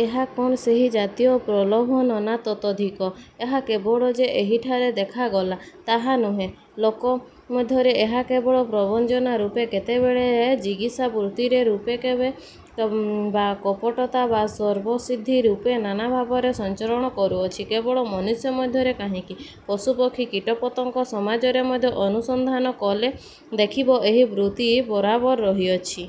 ଏହା କଣ ସେହି ଜାତୀୟ ପ୍ରଲୋଭନ? ନା ତତୋଽଧିକ! ଏହା କେବଳ ଯେ ଏହିଠାରେ ଦେଖା ଗଲା, ତାହା ନୁହେଁ; ଲୋକ। ମଧ୍ୟରେ ଏହା କେବେ ପ୍ରବଞ୍ଚନା-ରୂପେ କେତେବେଳେ ଜିଗୀଷାବୃତ୍ତିରୂପେ କେବେ ବା କପଟତା ବା ସ୍ୱାର୍ଥସିଦ୍ଧି ରୂପରେ ନାନା ଭାବରେ ସଞ୍ଚରଣ କରୁଅଛି। କେବଳ ମନୁଷ୍ୟ ମଧ୍ୟରେ କାହିଁକି, ପଶୁ ପକ୍ଷୀ କୀଟ ପତଙ୍ଗ ସମାଜରେ ମଧ୍ୟ ଅନୁସନ୍ଧାନ କଲେ ଦେଖିବ, ଏହି ବୃତ୍ତି ବରାବର ରହିଅଛି।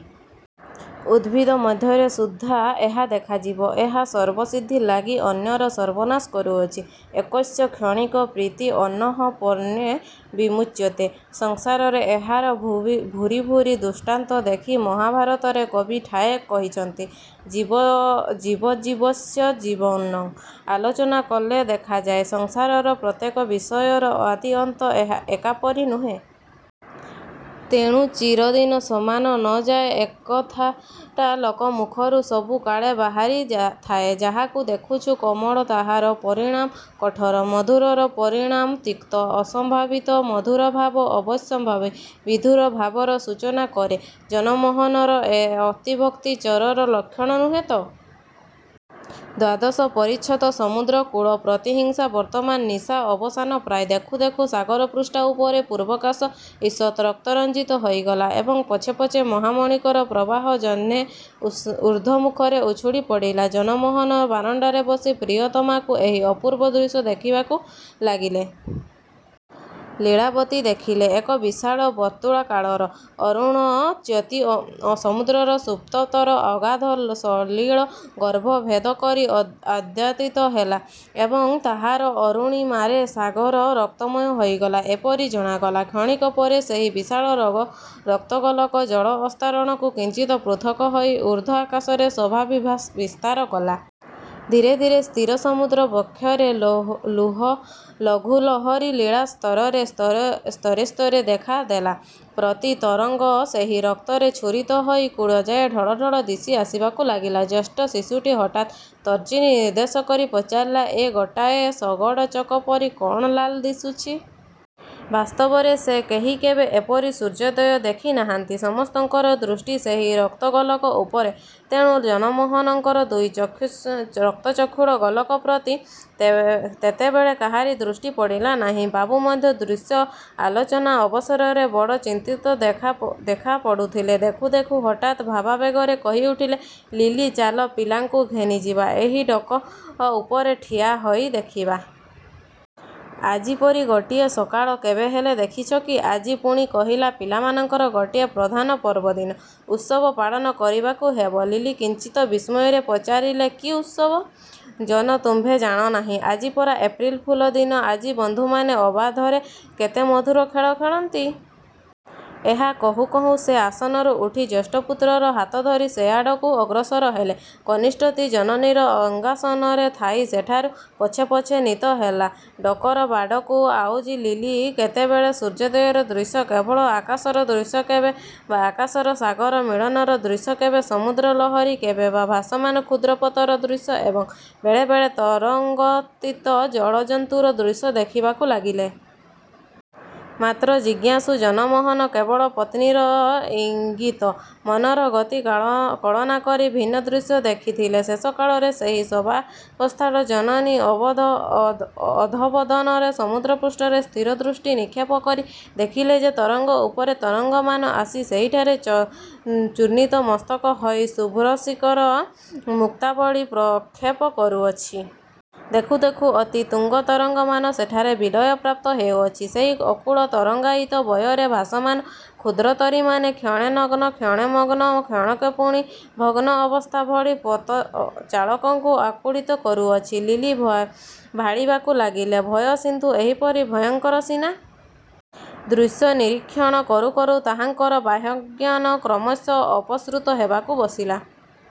ଉଦ୍ଭିଦ ମଧ୍ୟରେ ସୁଦ୍ଧା ଏହା ଦେଖାଯିବ। ଏକ ସ୍ୱାର୍ଥସିଦ୍ଧିଲାଗି ଅନ୍ୟର ସର୍ବନାଶ କରୁଅଛି! 'ଏକସ୍ୟ କ୍ଷଣିକା ପ୍ରୀତିଃ ଅନ୍ୟଃ ପ୍ରାଣୈ ର୍ବିମୁଚ୍ୟତେ। ' ସଂସାରରେ ଏହାର ଭୂରି ଭୂରି ଦୃଷ୍ଟାନ୍ତ ଦେଖି ମହାଭାରତରେ କବି ଠାଏ କହିଅଛନ୍ତି 'ଜୀବୋଜୀବସ୍ୟ ଜୀବନଂ'। ଆଲୋଚନା କଲେ ଦେଖାଯାଏ, ସଂସାରର ପ୍ରତ୍ୟେକ ବିଷୟର ଆଦି ଅନ୍ତ ଏକା ପରି ନୁହେଁ। ତେଣୁ 'ଚିରଦିନ ସମାନ ନ ଯା'ଏ କଥାଟା ଲୋକମୁଖରୁ ସବୁ କାଳେ ବାହାରି ଥାଏ। ଯାହାକୁ ଦେଖିଛୁ କୋମଳ ତାହାର ପରିଣାମ କଠୋର। ମଧୁରର ପରିଣାମ ତିକ୍ତ। ଅସମ୍ଭାବିତ ମଧୁର ଭାବ ଅବଶ୍ୟମ୍ଭାବୀ ବିଧୁର ଭାବର ସୂଚନା କରେ। ଜନମୋହନର ଏ ଅତିଭକ୍ତି ଚୋରର ଲକ୍ଷଣ ନୁହେଁ ତ? ଦ୍ୱାଦଶ ପରିଚ୍ଛେଦ ସମୁଦ୍ର କୂଳ-ପ୍ରତିହିଂସା ବର୍ତ୍ତମାନ ନିଶା ଅବସାନ ପ୍ରାୟ। ଦେଖୁ ଦେଖୁ ସାଗରପୃଷ୍ଠ ଉପରେ ପୂର୍ବାକାଶ ଇଷତ୍ ରକ୍ତରଞ୍ଜିତ ହୋଇଗଲା ଏବଂ ପଛେ ପଛେ ମହାମାଣିକ୍ୟର ପ୍ରବାହ ଯେହ୍ନେ ଉର୍ଦ୍ଧ୍ୱମୁଖରେ ଉଛୁଳି ପଡ଼ିଲା। ଜନମୋହନ ବରଣ୍ଡାରେ ବସି ପ୍ରିୟତମାକୁ ଏହି ଅପୂର୍ବ ଦୃଶ୍ୟ ଦେଖାଇବାକୁ ଲାଗିଲେ। ଲୀଳାବତୀ ଦେଖିଲେ, ଏକ ବିଶାଳ ବର୍ତ୍ତୁଳାକାଳର ଅରୁଣଜ୍ୟୋତି ସମୁଦ୍ରର ସ୍ତବ୍ଧତର ଅଗାଧ ସଲିଳଗର୍ଭ ଭେଦ କରି ଅର୍ଦ୍ଧୋଦିତ ହେଲା ଏବଂ ତାହାର ଅରୁଣିମାରେ ସାଗର ରକ୍ତମୟ ହୋଇଗଲା ପରି ଜଣାଗଲା। କ୍ଷଣକ ପରେ ସେହି ବିଶାଳ ରକ୍ତଗୋଲକ ଜଳ ଆସ୍ତରଣରୁ କିଞ୍ଚିତ୍ ପୃଥକ ହୋଇ ଊର୍ଦ୍ଧ୍ୱ ଆକାଶରେ ଶୋଭା ବିସ୍ତାର କଲା। ଧୀରେ ଧୀରେ ସ୍ଥିର ସମୁଦ୍ର ବକ୍ଷରେ ଲଘୁଲହରୀ ଲୀଳା ସ୍ତରେ ସ୍ତରେ ଦେଖା ଦେଲା। ପ୍ରତି ତରଙ୍ଗ ସେହି ରଙ୍ଗରେ ଛୁରିତ ହୋଇ କୂଳଯାଏ ଢଳ ଢଳ ଦିଶି ଆସିବାକୁ ଲାଗିଲା। ଜ୍ୟେଷ୍ଠ ଶିଶୁଟି ହଠାତ୍ ତର୍ଜନୀ ନିର୍ଦ୍ଦେଶ କରି ପଚାରିଲା- ଏ ଗୋଟାଏ ଶଗଡ଼ ଚକ ପରି କଣ ଲାଲ ଦିଶୁଛି? ବାସ୍ତବରେ ସେ କେହି କେବେ ଏପରି ସୂର୍ଯ୍ୟୋଦୟ ଦେଖି ନାହାନ୍ତି। ସମସ୍ତଙ୍କର ଦୃଷ୍ଟି ସେହି ରକ୍ତଗୋଲକ ଉପରେ, ତେଣୁ ଜନମୋହନଙ୍କର ଦୁଇ ରକ୍ତଚକ୍ଷୁଗୋଲକ ପ୍ରତି ତେତେବେଳେ କାହାରି ଦୃଷ୍ଟି ପଡ଼ିଲା ନାହିଁ। ବାବୁ ମଧ୍ୟ ଦୃଶ୍ୟର ଆଲୋଚନା ଅବସରରେ ବଡ଼ ଚିନ୍ତିତ ଦେଖାପଡ଼ୁଥିଲେ। ଦେଖୁ ଦେଖୁ ହଠାତ୍ ଭାବାବେଗରେ କହିଉଠିଲେ, ଲିଲି, ଚାଲ ପିଲାଙ୍କୁ ଘେନି ଯିବା, ଏହି ଡକ୍ ଉପରେ ଠିଆ ହୋଇ ଦେଖିବା। ଆଜି ପରି ଗୋଟିଏ ସକାଳ କେବେ ହେଲେ ଦେଖିଛ କି? ଆଜି ପୁଣି ପହିଲା, ପିଲାମାନଙ୍କର ଗୋଟିଏ ପ୍ରଧାନ ପର୍ବଦିନ। ଉତ୍ସବ ପାଳନ କରିବାକୁ ହେବ। ଲିଲି କିଞ୍ଚିତ୍ ବିସ୍ମୟରେ ପଚାରିଲେ ''କି ଉତ୍ସବ? '' ଜନ ତୁମ୍ଭେ ଜାଣ ନାହିଁ। ଆଜି ପରା ଏପ୍ରିଲ ଫୁଲ ଦିନ ଆଜି ବନ୍ଧୁମାନେ ଅବାଧରେ କେତେ ମଧୁର ଖେଳ ଖେଳନ୍ତି। ଏହା କହୁଁ କହୁଁ ସେ ଆସନରୁ ଉଠି ଜ୍ୟେଷ୍ଠପୁତ୍ରର ହାତ ଧରି ସେଆଡ଼କୁ ଅଗ୍ରସର ହେଲେ। କନିଷ୍ଠଟି ଜନନୀର ଅଙ୍କାସନରେ ଥାଇ ସେଠାକୁ ପଛେ ପଛେ ନୀତ ହେଲା। ଡକର ବାଡ଼କୁ ଆଉଜି ଲିଲି କେତେବେଳେ ସୂର୍ଯ୍ୟୋଦୟର ଦୃଶ୍ୟ କେବେ ଆକାଶର ଦୃଶ୍ୟ କେବେ ବା ଆକାଶ ସାଗର ମିଳନର ଦୃଶ୍ୟ କେବେ ସମୁଦ୍ରଲହରୀ କେବେ ବା ଭାସମାନ କ୍ଷୁଦ୍ରପୋତର ଦୃଶ୍ୟ ଏବଂ ବେଳେ ବେଳେ ତରଙ୍ଗୋତ୍ଥିତ ଜଳଜନ୍ତୁର ଦୃଶ୍ୟ ଦେଖିବାକୁ ଲାଗିଲେ। ମାତ୍ର ଜିଘାଂସୁ ଜନମୋହନ କେବଳ ପତ୍ନୀର ଇଙ୍ଗିତ, ମନର ଗତି କଳନା କରି ଭିନ୍ନ ଦୃଶ୍ୟ ଦେଖୁଥିଲେ। ଶେଷକାଳରେ ସେହି ସବାଳବତ୍ସା ଜନନୀ ଅଧୋବଦନରେ ସମୁଦ୍ରପୃଷ୍ଠରେ ସ୍ଥିର ଦୃଷ୍ଟି ନିକ୍ଷେପ କରି ଦେଖିଲେ ଯେ ତରଙ୍ଗ ଉପରେ ତରଙ୍ଗମାନ ଆସି ସେହିଠାରେ ଚୂର୍ଣ୍ଣିତମସ୍ତକ ହୋଇ ଶୁଭ୍ରଶୀକର ମୁକ୍ତାବଳୀ ପ୍ରକ୍ଷେପ କରୁଅଛି। ଦେଖୁ ଦେଖୁ ଅତି ତୁଙ୍ଗ ତରଙ୍ଗମାନ ସେଠାରେ ବିଲୟ ପ୍ରାପ୍ତ ହେଉଅଛି। ସେହି ଅକୂଳ ତରଙ୍ଗାୟିତ ବକ୍ଷରେ ଭାସମାନ କ୍ଷୁଦ୍ରତରୀମାନ କ୍ଷଣେ ନଗ୍ନ କ୍ଷଣେ ମଗ୍ନ କ୍ଷଣକେ ପୁଣି ଭଗ୍ନ ଅବସ୍ଥା ଭଳି ପୋତଚାଳକଙ୍କୁ ଆକୁଳିତ କରୁଅଛି। ଲିଲି ଭାଳିବାକୁ ଲାଗିଲେ, ଭବସିନ୍ଧୁ ଏହିପରି ଭୟଙ୍କର ସିନା! ଦୃଶ୍ୟ ନିରୀକ୍ଷଣ କରୁ କରୁ ତାହାଙ୍କର ବାହ୍ୟଜ୍ଞାନ କ୍ରମଶଃ ଅପସୃତ ହେବାକୁ ବସିଲା।